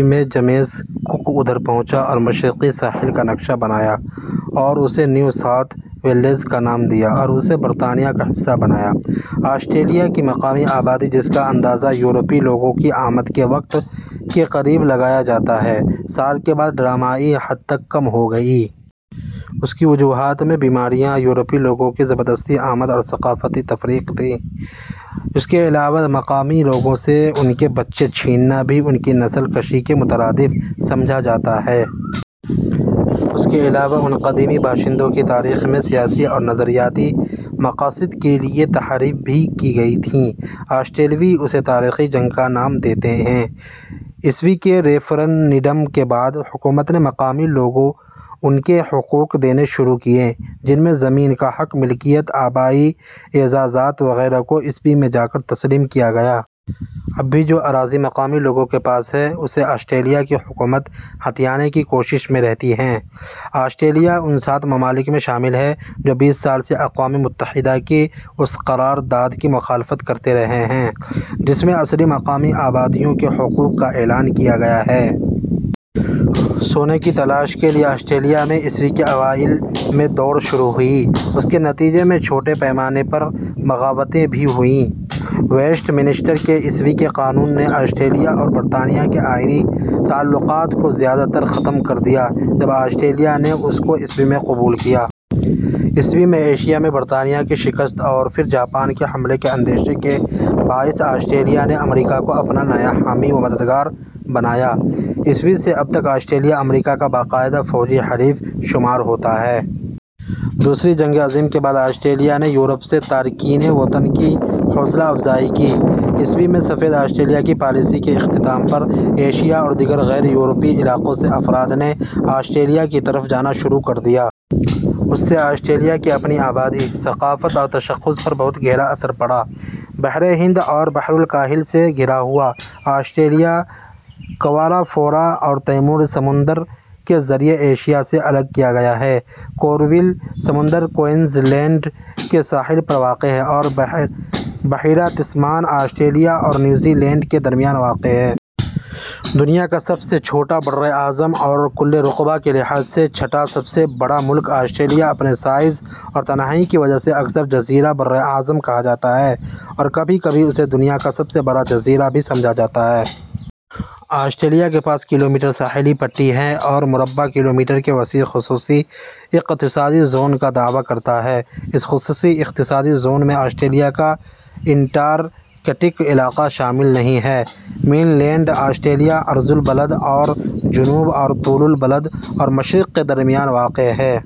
ء میں، James Cook ادھر پہنچا اور مشرقی ساحل کا نقشہ بنایا اور اسے نیو ساؤتھ ویلز کا نام دیا اور اسے برطانیہ کا حصہ بنایا۔ آسٹریلیا کی مقامی آبادی جس کا اندازہ یورپی لوگوں کی آمد کے وقت ، کے قریب لگایا جاتا ہے، سال کے بعد ڈرامائی حد تک کم ہو گئی۔ اس کی وجوہات میں بیماریاں، یورپی لوگوں کی زبردستی آمد اور ثقافتی تفریق تھیں۔ اس کے علاوہ مقامی لوگوں سے ان کے بچے چھیننا بھی ان کی نسل کشی کے مترادف سمجھاجاتا ہے۔ اس کے علاوہ ان قدیمی باشندوں کی تاریخ میں سیاسی اور نظریاتی مقاصد کے لیے تحاریف بھی کی گئی تھیں۔ آسٹریلوی اسے تاریخی جنگ کا نام دیتے ہیں۔ ء کے ریفرنڈم کے بعد، حکومت نے مقامی لوگوں ان کے حقوق دینے شروع کیے جن میں زمین کا حق ملکیت، آبائی اعزازات وغیرہ کو ء میں جا کر تسلیم کیا گیا۔ اب بھی جو اراضی مقامی لوگوں کے پاس ہے اسے آسٹریلیا کی حکومت ہتھیانے کی کوشش میں رہتی ہے۔ آسٹریلیا ان سات ممالک میں شامل ہے، جو بیس سال سے اقوام متحدہ کی اس قرارداد کی مخالفت کرتے رہے ہیں جس میں اصلی مقامی آبادیوں کے حقوق کا اعلان کیا گیا ہے۔ سونے کی تلاش کے لیے آسٹریلیا میں ء کے اوائل میں دوڑ شروع ہوئی۔ اس کے نتیجے میں چھوٹے پیمانے پر بغاوتیں بھی ہوئیں۔ ویسٹ منسٹر کے ء کے قانون نے آسٹریلیا اور برطانیہ کے آئینی تعلقات کو زیادہ تر ختم کر دیا جب آسٹریلیا نے اس کو ء میں قبول کیا۔ ء میں ایشیا میں برطانیہ کی شکست اور پھر جاپان کے حملے کے اندیشے کے باعث آسٹریلیا نے امریکا کو اپنا نیا حامی و مددگار بنایا۔ ء سے اب تک آسٹریلیا امریکا کا باقاعدہ فوجی حلیف شمار ہوتا ہے۔ دوسری جنگ عظیم کے بعد آسٹریلیا نے یورپ سے تارکین وطن کی حوصلہ افزائی کی۔ ء میں سفید آسٹریلیا کی پالیسی کے اختتام پر ایشیا اور دیگر غیر یورپی علاقوں سے افراد نے آسٹریلیا کی طرف جانا شروع کر دیا۔ اس سے آسٹریلیا کی اپنی آبادی، ثقافت اور تشخص پر بہت گہرا اثر پڑا۔ بحر ہند اور بحرالکاہل سے گھرا ہوا، آسٹریلیا کو ارافورا اور تیمور سمندروں کے ذریعے ایشیا سے الگ کیا گیا ہے، کورل سمندر کوئنز لینڈ کے ساحل پر واقع ہے اور بحیرہ تسمان آسٹریلیا اور نیوزی لینڈ کے درمیان واقع ہے۔ دنیا کا سب سے چھوٹا براعظم اور کل رقبہ کے لحاظ سے چھٹا سب سے بڑا ملک، آسٹریلیا اپنے سائز اور تنہائی کی وجہ سے اکثر "جزیرہ براعظم" کہا جاتا ہے اور کبھی کبھی اسے دنیا کا سب سے بڑا جزیرہ بھی سمجھا جاتا ہے۔ آسٹریلیا کے پاس کلومیٹر ساحلی پٹی ہے اور مربع کلومیٹر کے وسیع خصوصی اقتصادی زون کا دعویٰ کرتا ہے۔ اس خصوصی اقتصادی زون میں آسٹریلیا کا انٹارکٹک علاقہ شامل نہیں ہے۔ مین لینڈ آسٹریلیا عرض البلد اور جنوب اور طول البلد اور مشرق کے درمیان واقع ہے۔